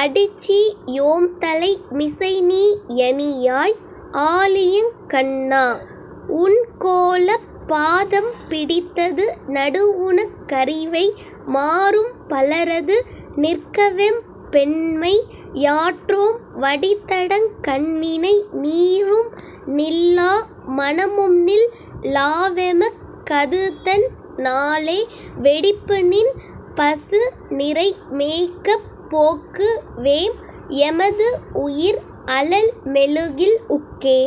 அடிச்சி யோம்தலை மிசைநீ யணியாய்। ஆழியங் கண்ணா. உன் கோலப் பாதம் பிடித்தது நடுவுனக் கரிவை மாரும் பலரது நிற்கவெம் பெண்மை யாற்றோம் வடித்தடங் கண்ணிணை நீரும் நில்லா மனமும்நில் லாவெமக் கதுதன் னாலே வெடிப்புநின் பசு நிரை மேய்க்கப் போக்கு வேம் எமது உயிர் அழல் மெழுகில் உக்கே..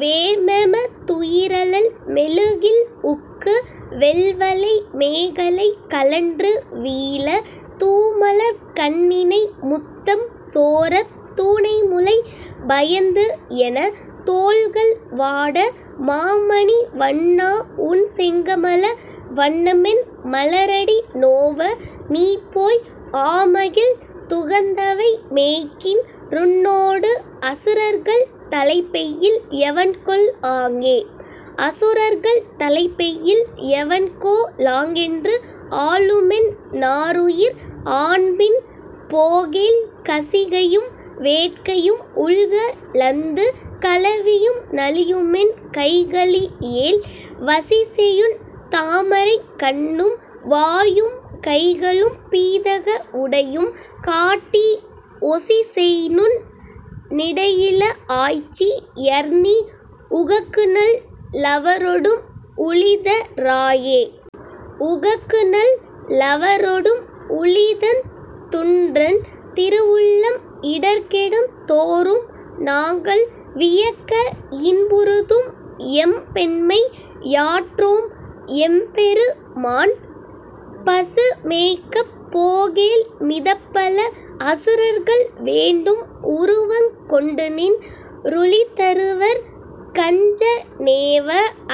வேமெம துயிரழல் மெழுகில் உக்கு வெள்வளை மேகலை கழன்று வீழ தூமலர்க் கண்ணிணை முத்தம் சோரத் தூணைமுலை பயந்து என தோள்கள் வாட மாமணி வண்ணா உன்செங்கமல வண்ணமென் மலரடி நோவ நீபோய் ஆமகிழ்ந் துகந்தவை மேய்க்கின் றுன்னோடு அசுரர்கள் தலைப்பெய்யில் எவன்கொல் ஆங்கே?. அசுரர்கள் தலைப்பெய்யில் எவன்கொ லாங்கென்று ஆழுமென் னாருயிர் ஆன்பின் போகேல் கசிகையும் வேட்கையும் உள்க லந்து கலவியும் நலியுமென் கைகழி யேல் வசிசெயுன் தாமரைக் கண்ணும் வாயும் கைகளும் பீதக வுடையும் காட்டி ஒசிசெய்நுண் ணிடையிள ஆய்ச்சி யர்நீ உகக்குநல் லவரொடும் உழித ராயே.. உகக்குநல் லவரொடும் உழிதந் துன்றன் திருவுள்ளம் இடர்கெடுந் தோறும் நாங்கள் வியக்க இன்புறுதும் எம்பெண்மை யாற்றோம் எம்பெரு மான். பசு மேய்க்கப் போகேல் மிதப்பல அசுரர்கள் வேண்டும் உருவங் கொண்டுநின் றுழிதருவர் கஞ்ச னேவ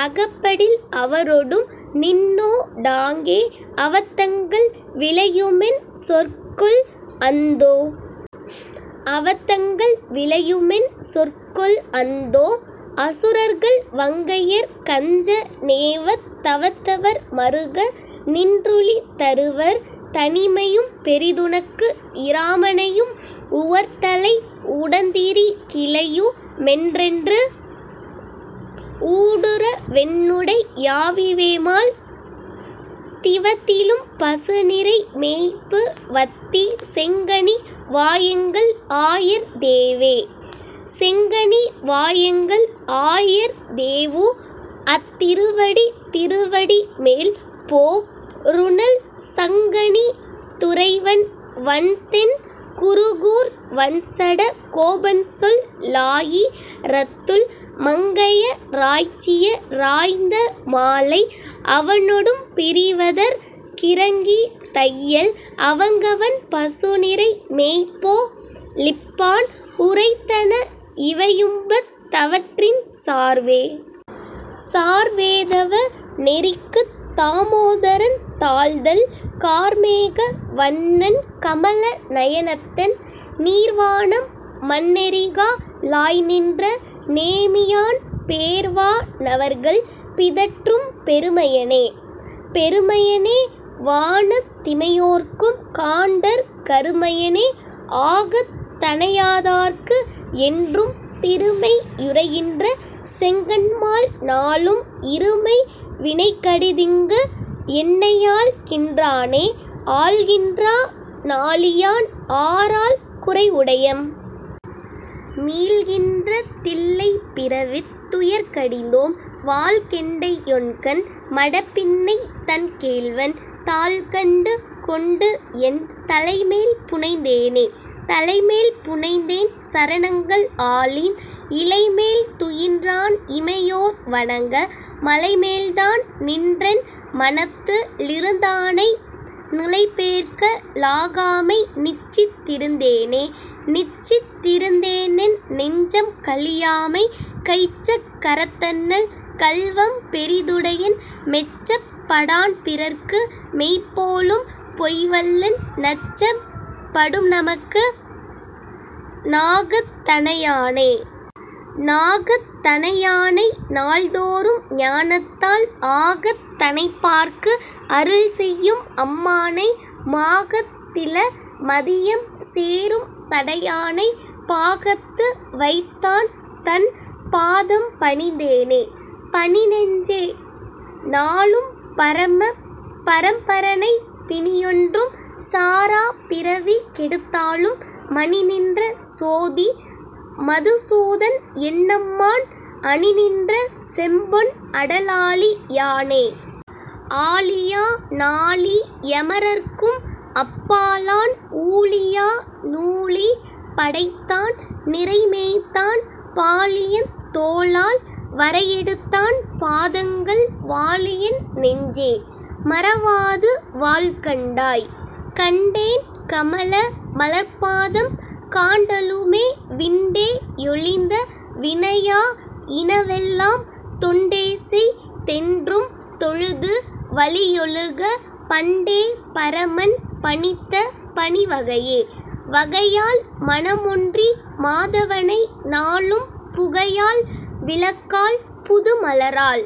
அகப்படில் அவரொடும் நின்னொ டாங்கே அவத்தங்கள் விளையுமென் சொற்கொள் அந்தோ.. அவத்தங்கள் விளையுமென் சொற்கொள் அந்தோ. அசுரர்கள் வங்கையர் கஞ்ச னேவத் தவத்தவர் மறுக நின்றுழி தருவர் தனிமையும் பெரிதுனக்கு இராமனையும் உவர்த்தலை உடந்திரி கிலையு மென்றென்று ஊடுற வென்னுடை யாவிவேமால் திவத்திலும் பசுநிரை மேய்ப்பு வத்தி செங்கனி வாயெங்கள் ஆயர் தேவே.. செங்கனி வாயெங்கள் ஆயர் தேவு அத்திருவடி திருவடி மேல் பொ ருநல் சங்கணி துறைவன் வண்தென் குருகூர் வண்சட கோபன்சொல் லாயி ரத்துள் மங்கைய ராய்ச்சிய ராய்ந்த மாலை அவனொடும் பிரிவதற் கிரங்கி தையல் அங்கவன் பசுநிரை மேய்ப்பொ ழிப்பான் உரைத்தன இவையும்பத் தவற்றின் சார்வே. சார்வேதவ நெறிக்குத் தாமோதரன் தாள்தள், கார்மேக வண்ணன் கமல நயனத்தன், நீர்வானம் மண்ணெரிகா லாய்நின்ற நேமியான், பேர்வா னவர்கள் பிதற்றும் பெருமையனே.. பெருமையனே வானத் திமையோர்க்கும் காண்டற் கருமையனே ஆகத் தணையாதார்க்கு என்றும் திருமெய் யுறைகின்ற செங்கண்மால் நாளும் இருமை வினைகடிந்திங்கு என்னையாள் கின்றானே.. ஆள்கின்றா னாழியான் ஆரால் குறைவுடையம்? மீள்கின்ற தில்லைப் பிறவித் துயர்கடிந்தோம், வாள்கெண்டையொண்கண் மடப்பின்னை தன் கேள்வன், தாள்கண்டு கொண்டு என் தலைமேல் புனைந்தேனே.. தலைமேல் புனைந்தேன் சரணங்கள் ஆலின் இலைமேல் துயின்றான் இமையோர் வணங்க மலைமேல்தான் நின்றென் மனத்து ளிருந்தானை நிலைபேர்க்க லாகாமை நிச்சித் திருந்தேனே.. நிச்சித் திருந்தேனென் நெஞ்சம் கழியாமை கைச்சக் கரத்தண்ணல் கள்வம் பெரிதுடையன் மெச்சப் படான்பிறர்க்கு மெய்போலும் பொய்வல்லன் நச்சப் படும்நமக்கு நாகத் தணையானே.. நாகத் தணையானை நாள்தோறும் ஞானத்தால் ஆகத் தணைப்பார்க்கு அருள்செய்யும் அம்மானை மாகத் திள மதியம் சேரும் சடையானை பாகத்து வைத்தான் தன் பாதம் பணிந்தேனே.. பணிநெஞ்சே. நாளும் பரம பரம்பரனை பிணியொன்றும் சாரா பிறவி கெடுத்தாளும் மணிநின்ற சோதி மதுசூதன் என்னம்மான் அணிநின்ற செம்பொன் அடலாழி யானே.. ஆழியா னாழி யமரர்க்கும் அப்பாலான் ஊழியா னூழி படைத்தான் நிரைமேய்த்தான் பாழியந் தோளால் வரையெடுத்தான் பாதங்கள் வாழியென் நெஞ்சே. மறவாது வாழ்கண்டாய்.. கண்டேன் கமல மலர்ப்பாதம் காண்டலுமே விண்டே யொழிந்த வினையா யினவெல்லாம் தொண்டேசெய் தென்றும் தொழுது வழியொழுக பண்டே பரமன் பணித்த பணிவகையே.. வகையால் மனமொன்றி மாதவனை நாளும் புகையால் விளக்கால் புதுமலரால்